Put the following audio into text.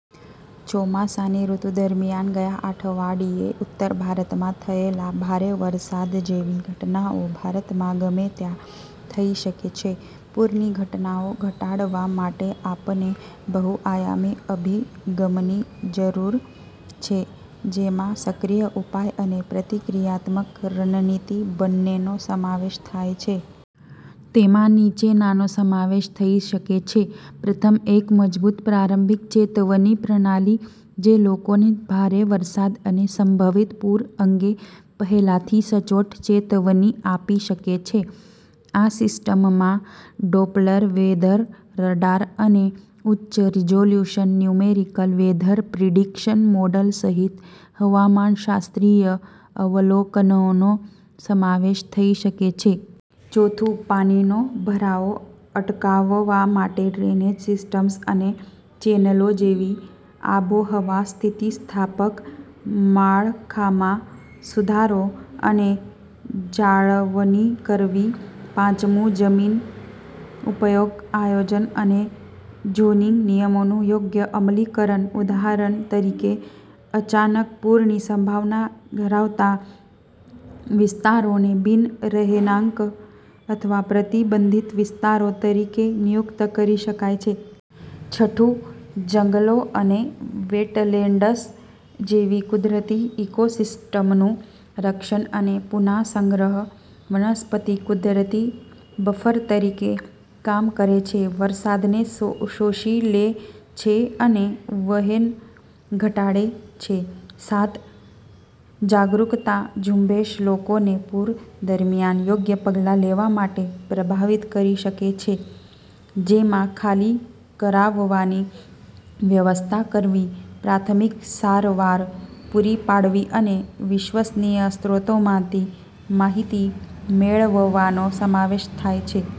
ચોમાસાની ઋતુ દરમિયાન ગયા અઠવાડીએ ઉત્તર ભારતમાં થયેલા ભારે વરસાદ જેવી ઘટનાઓ ભારતમાં ગમે ત્યાં થઈ શકે છે. પૂરની ઘટનાઓ ઘટાડવા માટે, આપણે બહુ-આયામી અભિગમની જરૂર છે, જેમાં સક્રિય ઉપાય અને પ્રતિક્રિયાત્મક રણનીતિ બંનેનો સમાવેશ થાય છે. તેમાં નીચેનાનો સમાવેશ થઈ શકે છે: પ્રથમ, એક મજબૂત પ્રારંભિક ચેતવણી પ્રણાલી, જે લોકોને ભારે વરસાદ અને સંભવિત પૂર અંગે પહેલાથી સચોટ ચેતવણી આપી શકે છે. આ સિસ્ટમમાં ડોપ્લર વેધર રડાર અને ઉચ્ચ resolution numerical weather prediction model સહિત હવામાનશાસ્ત્રીય અવલોકનોનો સમાવેશ થઈ શકે છે. ચોથું, પાણીનો ભરાવો અટકાવવા માટે ડ્રેનેજ સિસ્ટમ્સ અને ચેનલો જેવી આબોહવા-સ્થિતિસ્થાપક માળખામાં સુધારો અને જાળવણી કરવી. પાંચમું, જમીન ઉપયોગ આયોજન અને ઝોનિંગ નિયમોનું યોગ્ય અમલીકરણ. ઉદાહરણ તરીકે, અચાનક પૂરની સંભાવના ધરાવતા વિસ્તારોને બિન-રહેણાંક અથવા પ્રતિબંધિત વિસ્તારો તરીકે નિયુક્ત કરી શકાય છે. છઠ્ઠું, જંગલો અને વેટલેન્ડ્સ જેવી કુદરતી ઇકોસિસ્ટમનું રક્ષણ અને પુનઃસંગ્રહ. વનસ્પતિ કુદરતી બફર તરીકે કામ કરે છે, વરસાદને શોષી લે છે અને વહેણ ઘટાડે છે. સાત, જાગરૂકતા ઝુંબેશ લોકોને પૂર દરમિયાન યોગ્ય પગલાં લેવા માટે પ્રભાવિત કરી શકે છે, જેમાં ખાલી કરાવવાની વ્યવસ્થા કરવી, પ્રાથમિક સારવાર પૂરી પાડવી અને વિશ્વસનીય સ્ત્રોતોમાંથી માહિતી મેળવવાનો સમાવેશ થાય છે.